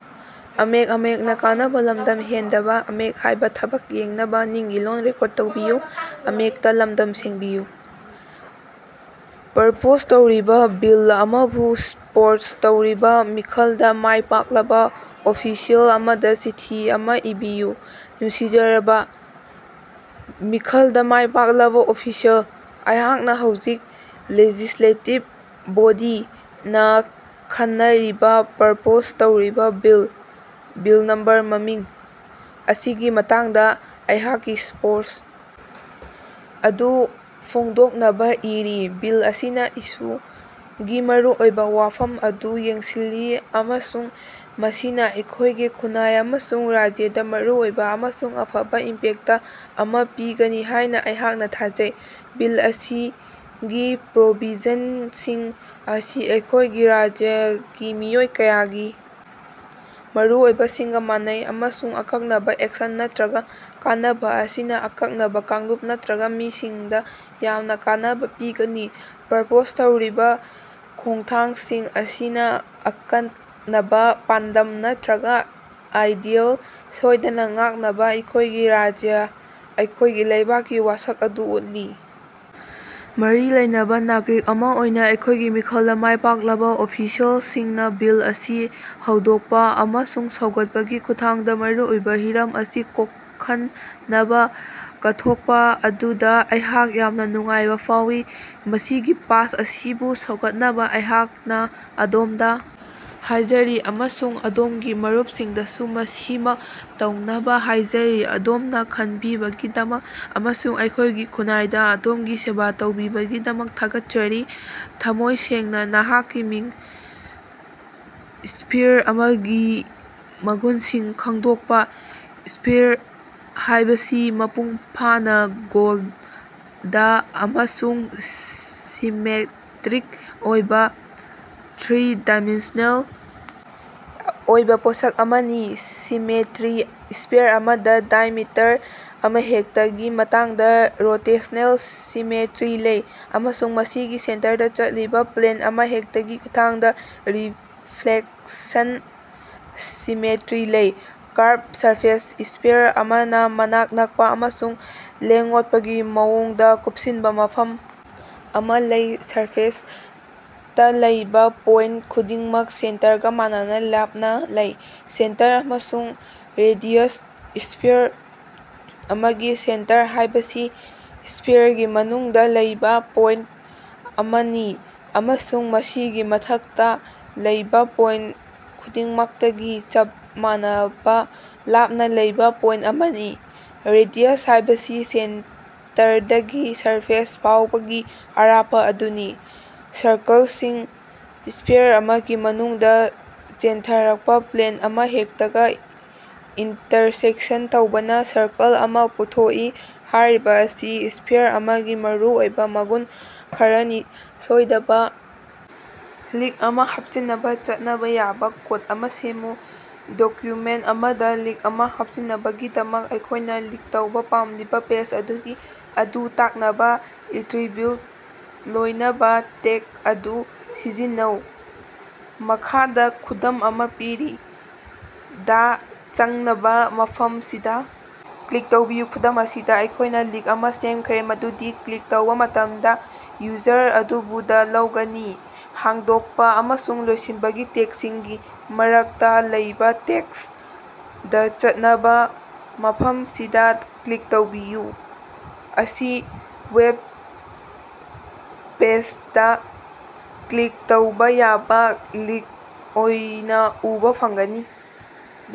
Propose ꯇꯧꯔꯤꯕ bill ꯑꯃꯕꯨ support ꯇꯧꯔꯤꯕ ꯃꯤꯈꯜꯗ ꯃꯥꯏ ꯄꯥꯛꯂꯕ ꯑꯣꯐꯤꯁꯤꯑꯦꯜ ꯑꯃꯗ ꯆꯤꯊꯤ ꯑꯃ ꯏꯕꯤꯌꯨ꯫ ꯅꯨꯡꯁꯤꯖꯔꯕ [ꯃꯤꯈꯜꯗ ꯃꯥꯏ ꯄꯥꯛꯂꯕ ꯑꯣꯐꯤꯁꯤꯑꯦꯜ], ꯑꯩꯍꯥꯛꯅ ꯍꯧꯖꯤꯛ [ꯂꯦꯖꯤꯁ꯭ꯂꯦꯇꯤꯕ ꯕꯣꯗꯤ]ꯅ ꯈꯟꯅꯔꯤꯕ ꯄ꯭ꯔꯄꯣꯖ ꯇꯧꯔꯤꯕ ꯕꯤꯜ [ꯕꯤꯜ ꯅꯝꯕꯔ/ꯃꯃꯤꯡ] ꯑꯁꯤꯒꯤ ꯃꯇꯥꯡꯗ ꯑꯩꯍꯥꯛꯀꯤ ꯁꯄꯣꯔꯠ ꯑꯗꯨ ꯐꯣꯡꯗꯣꯛꯅꯕ ꯏꯔꯤ꯫ ꯕꯤꯜ ꯑꯁꯤꯅ [ꯏꯁꯨ]ꯒꯤ ꯃꯔꯨꯑꯣꯏꯕ ꯋꯥꯐꯝ ꯑꯗꯨ ꯌꯦꯡꯁꯤꯜꯂꯤ, ꯑꯃꯁꯨꯡ ꯃꯁꯤꯅ ꯑꯩꯈꯣꯏꯒꯤ ꯈꯨꯟꯅꯥꯏ ꯑꯃꯁꯨꯡ ꯔꯥꯖ꯭ꯌꯗ ꯃꯔꯨꯑꯣꯏꯕ ꯑꯃꯁꯨꯡ ꯑꯐꯕ ꯏꯝꯄꯦꯛꯇ ꯑꯃ ꯄꯤꯒꯅꯤ ꯍꯥꯏꯅ ꯑꯩꯍꯥꯛꯅ ꯊꯥꯖꯩ꯫ ꯕꯤꯜ ꯑꯁꯤꯒꯤ ꯄ꯭ꯔꯣꯕꯤꯖꯟꯁꯤꯡ ꯑꯁꯤ ꯑꯩꯈꯣꯏꯒꯤ ꯔꯥꯖ꯭ꯌꯒꯤ ꯃꯤꯑꯣꯏ ꯀꯌꯥꯒꯤ ꯃꯔꯨꯑꯣꯏꯕꯁꯤꯡꯒ ꯃꯥꯟꯅꯩ, ꯑꯃꯁꯨꯡ [ꯑꯀꯛꯅꯕ ꯑꯦꯛꯁꯟ ꯅꯠꯇ꯭ꯔꯒꯥ ꯀꯥꯟꯅꯕ] ꯑꯁꯤꯅ ꯑꯀꯛꯅꯕ ꯀꯥꯡꯂꯨꯞ ꯅꯠꯇ꯭ꯔꯒꯥ ꯃꯤꯁꯤꯡ ꯗ ꯌꯥꯝꯅ ꯀꯥꯟꯅꯕ ꯄꯤꯒꯅꯤ꯫ ꯄ꯭ꯔꯄꯣꯖ ꯇꯧꯔꯤꯕ ꯈꯣꯡꯊꯥꯡꯁꯤꯡ ꯑꯁꯤꯅ ꯑꯀꯛꯅꯕ ꯄꯥꯟꯗꯝ ꯅꯠꯇ꯭ꯔꯒꯥ ꯑꯥꯏꯗꯤꯌꯦꯜ ꯁꯣꯏꯗꯅ ꯉꯥꯛꯅꯕ ꯑꯩꯈꯣꯏꯒꯤ ꯔꯥꯖ꯭ꯌ ꯑꯩꯈꯣꯏꯒꯤ ꯂꯩꯕꯥꯛꯀꯤ ꯋꯥꯁꯛ ꯑꯗꯨ ꯎꯠꯂꯤ꯫ ꯃꯔꯤ ꯂꯩꯅꯕ ꯅꯥꯒꯔꯤꯛ ꯑꯃ ꯑꯣꯏꯅ ꯑꯩꯈꯣꯏꯒꯤ ꯃꯤꯈꯜꯗ ꯃꯥꯏ ꯄꯥꯛꯂꯕ ꯑꯣꯐꯤꯁꯤꯑꯦꯜꯁꯤꯡꯅ ꯕꯤꯜ ꯑꯁꯤ ꯍꯧꯗꯣꯛꯄ ꯑꯃꯁꯨꯡ ꯁꯧꯒꯠꯄꯒꯤ ꯈꯨꯠꯊꯥꯡꯗ ꯃꯔꯨ ꯑꯣꯏꯕ ꯍꯤꯔꯝ ꯑꯁꯤ ꯀꯣꯈꯟꯅꯕ ꯀꯠꯊꯣꯛꯄ ꯑꯗꯨꯗ ꯑꯩꯍꯥꯛ ꯌꯥꯝꯅ ꯅꯨꯡꯉꯥꯏꯕ ꯐꯥꯎꯏ꯫ ꯃꯁꯤꯒꯤ ꯄꯥꯁ ꯑꯁꯤꯕꯨ ꯁꯧꯒꯠꯅꯕ ꯑꯩꯍꯥꯛꯅ ꯑꯗꯣꯝꯗ ꯍꯥꯏꯖꯔꯤ ꯑꯃꯁꯨꯡ ꯑꯗꯣꯝꯒꯤ ꯃꯔꯨꯞꯁꯤꯡꯗꯁꯨ ꯃꯁꯤꯃꯛ ꯇꯧꯅꯕ ꯍꯥꯏꯖꯔꯤ꯫ ꯑꯗꯣꯝꯅ ꯈꯟꯕꯤꯕꯒꯤꯗꯃꯛ ꯑꯃꯁꯨꯡ ꯑꯩꯈꯣꯏꯒꯤ ꯈꯨꯟꯅꯥꯏꯗ ꯑꯗꯣꯝꯒꯤ ꯁꯦꯕ ꯇꯧꯕꯤꯕꯒꯤꯗꯃꯛ ꯊꯥꯒꯠꯆꯔꯤ꯫ ꯊꯃꯣꯏ ꯁꯦꯡꯅ, ꯅꯍꯥꯛꯀꯤ ꯃꯤꯡ꯫ ꯏꯁ꯭ꯐꯤꯔ ꯑꯃꯒꯤ ꯃꯒꯨꯟꯁꯤꯡ ꯈꯪꯗꯣꯛꯄ꯫ ꯏꯁ꯭ꯐꯤꯔ ꯍꯥꯏꯕꯁꯤ ꯃꯄꯨꯡ ꯐꯥꯅ ꯒꯣꯜꯗ ꯑꯃꯁꯨꯡ ꯁꯤꯃꯦꯇꯔꯤꯛ ꯑꯣꯏꯕ ꯊ꯭ꯔꯤ-ꯗꯤꯃꯦꯟꯁꯤꯌꯦꯜ ꯑꯣꯏꯕ ꯄꯣꯠꯁꯛ ꯑꯃꯅꯤ꯫ ꯁꯤꯃꯦꯇꯔꯤ: ꯏꯁ꯭ꯐꯤꯔ ꯑꯃꯗ ꯗꯥꯏꯑꯦꯃꯤꯇꯔ ꯑꯃꯍꯦꯛꯇꯒꯤ ꯃꯇꯥꯡꯗ ꯔꯣꯇꯦꯁꯅꯦꯜ ꯁꯤꯃꯦꯇꯔꯤ ꯂꯩ, ꯑꯃꯁꯨꯡ ꯃꯁꯤꯒꯤ ꯁꯦꯟꯇꯔꯗ ꯆꯠꯂꯤꯕ ꯄ꯭ꯂꯦꯟ ꯑꯃꯍꯦꯛꯇꯒꯤ ꯈꯨꯠꯊꯥꯡꯗ ꯔꯤꯐ꯭ꯂꯦꯛꯁꯟ ꯁꯤꯃꯦꯇꯔꯤ ꯂꯩ꯫ ꯀꯥꯔꯚ ꯁꯔꯐꯦꯁ: ꯏꯁ꯭ꯐꯤꯔ ꯑꯃꯅ ꯃꯅꯥꯛ ꯅꯛꯄ ꯑꯃꯁꯨꯡ ꯂꯦꯡ-ꯑꯣꯠꯄꯒꯤ ꯃꯑꯣꯡꯗ ꯀꯨꯄꯁꯤꯟꯕ ꯃꯐꯝ ꯑꯃ ꯂꯩ꯫ ꯁꯔꯐꯦꯁꯇ ꯂꯩꯕ ꯄꯣꯏꯟꯇ ꯈꯨꯗꯤꯡꯃꯛ ꯁꯦꯟꯇꯔꯒ ꯃꯥꯟꯅꯅ ꯂꯥꯞꯅ ꯂꯩ꯫ ꯁꯦꯟꯇꯔ ꯑꯃꯁꯨꯡ ꯔꯦꯗꯤꯌꯁ: ꯏꯁ꯭ꯐꯤꯔ ꯑꯃꯒꯤ ꯁꯦꯟꯇꯔ ꯍꯥꯏꯕꯁꯤ ꯏꯁ꯭ꯐꯤꯔꯒꯤ ꯃꯅꯨꯡꯗ ꯂꯩꯕ ꯄꯣꯏꯟꯇ ꯑꯃꯅꯤ ꯑꯃꯁꯨꯡ ꯃꯁꯤꯒꯤ ꯃꯊꯛꯇ ꯂꯩꯕ ꯄꯣꯏꯟꯇ ꯈꯨꯗꯤꯡꯃꯛꯇꯒꯤ ꯆꯞ ꯃꯥꯟꯅꯕ ꯂꯥꯞꯅ ꯂꯩꯕ ꯄꯣꯏꯟꯇ ꯑꯃꯅꯤ꯫ ꯔꯦꯗꯤꯌꯁ ꯍꯥꯏꯕꯁꯤ ꯁꯦꯟꯇꯔꯗꯒꯤ ꯁꯔꯐꯦꯁ ꯐꯥꯎꯕꯒꯤ ꯑꯔꯥꯞꯄ ꯑꯗꯨꯅꯤ꯫ ꯁꯔꯀꯜꯁꯤꯡ: ꯏꯁ꯭ꯐꯤꯔ ꯑꯃꯒꯤ ꯃꯅꯨꯡꯗ ꯆꯦꯟꯊꯔꯛꯄ ꯄ꯭ꯂꯦꯟ ꯑꯃꯍꯦꯛꯇꯒ ꯏꯟꯇꯔꯁꯦꯛꯁꯟ ꯇꯧꯕꯅ ꯁꯔꯀꯜ ꯑꯃꯥ ꯄꯨꯊꯣꯛꯏ꯫ ꯍꯥꯏꯔꯤꯕ ꯑꯁꯤ ꯏꯁ꯭ꯐꯤꯔ ꯑꯃꯒꯤ ꯃꯔꯨꯑꯣꯏꯕ ꯃꯒꯨꯟ ꯈꯔꯅꯤ꯫ ꯁꯣꯏꯗꯕ! ꯂꯤꯡꯛ ꯑꯃ ꯍꯥꯞꯆꯤꯟꯅꯕ ꯆꯠꯅꯕ ꯌꯥꯕ ꯀꯣꯗ ꯑꯃ ꯁꯦꯝꯃꯨ꯫ ꯗꯣꯀꯌꯨꯃꯦꯟꯇ ꯑꯃꯗ ꯂꯤꯡꯛ ꯑꯃ ꯍꯥꯞꯆꯤꯟꯅꯕꯒꯤꯗꯃꯛ, ꯑꯩꯈꯣꯏꯅ ꯂꯤꯡꯛ ꯇꯧꯕ ꯄꯥꯝꯂꯤꯕ ꯄꯦꯖ ꯑꯗꯨꯒꯤ ꯑꯗꯨ ꯇꯥꯛꯅꯕ ꯑꯦꯇꯔꯤꯕꯤꯎꯇꯀ ꯂꯣꯏꯅꯕ ꯇꯦꯒ ꯑꯗꯨ ꯁꯤꯖꯤꯟꯅꯩ꯫ ꯃꯈꯥꯗ ꯈꯨꯗꯝ ꯑꯃ ꯄꯤꯔꯤ. ꯗꯥ ꯆꯪꯅꯕ ꯃꯐꯝꯁꯤꯗꯥ ꯀ꯭ꯂꯤꯛ ꯇꯧꯕꯤꯌꯨ ꯈꯨꯗꯝ ꯑꯁꯤꯗ, ꯑꯩꯈꯣꯏꯅ ꯂꯤꯡꯛ ꯑꯃ ꯁꯦꯝꯈ꯭ꯔꯦ ꯃꯗꯨꯗꯤ, ꯀ꯭ꯂꯤꯛ ꯇꯧꯕ ꯃꯇꯝꯗ, ꯌꯨꯖꯔ ꯑꯗꯨꯕꯨ ꯗ ꯂꯧꯒꯅꯤ꯫ ꯍꯥꯡꯗꯣꯛꯄ ꯑꯃꯁꯨꯡ ꯂꯣꯏꯁꯤꯟꯕꯒꯤ ꯇꯦꯒꯁꯤꯡꯒꯤ ꯃꯔꯛꯇ ꯂꯩꯕ ꯇꯦꯛꯁ (" ꯗ ꯆꯠꯅꯕ ꯃꯐꯝꯁꯤꯗ ꯀ꯭ꯂꯤꯛ ꯇꯧꯕꯤꯌꯨ") ꯑꯁꯤ ꯋꯦꯕꯄꯦꯖꯗ ꯀ꯭ꯂꯤꯛ ꯇꯧꯕ ꯌꯥꯕ ꯂꯤꯡꯛ ꯑꯣꯏꯅ ꯎꯕ ꯐꯪꯒꯅꯤ꯫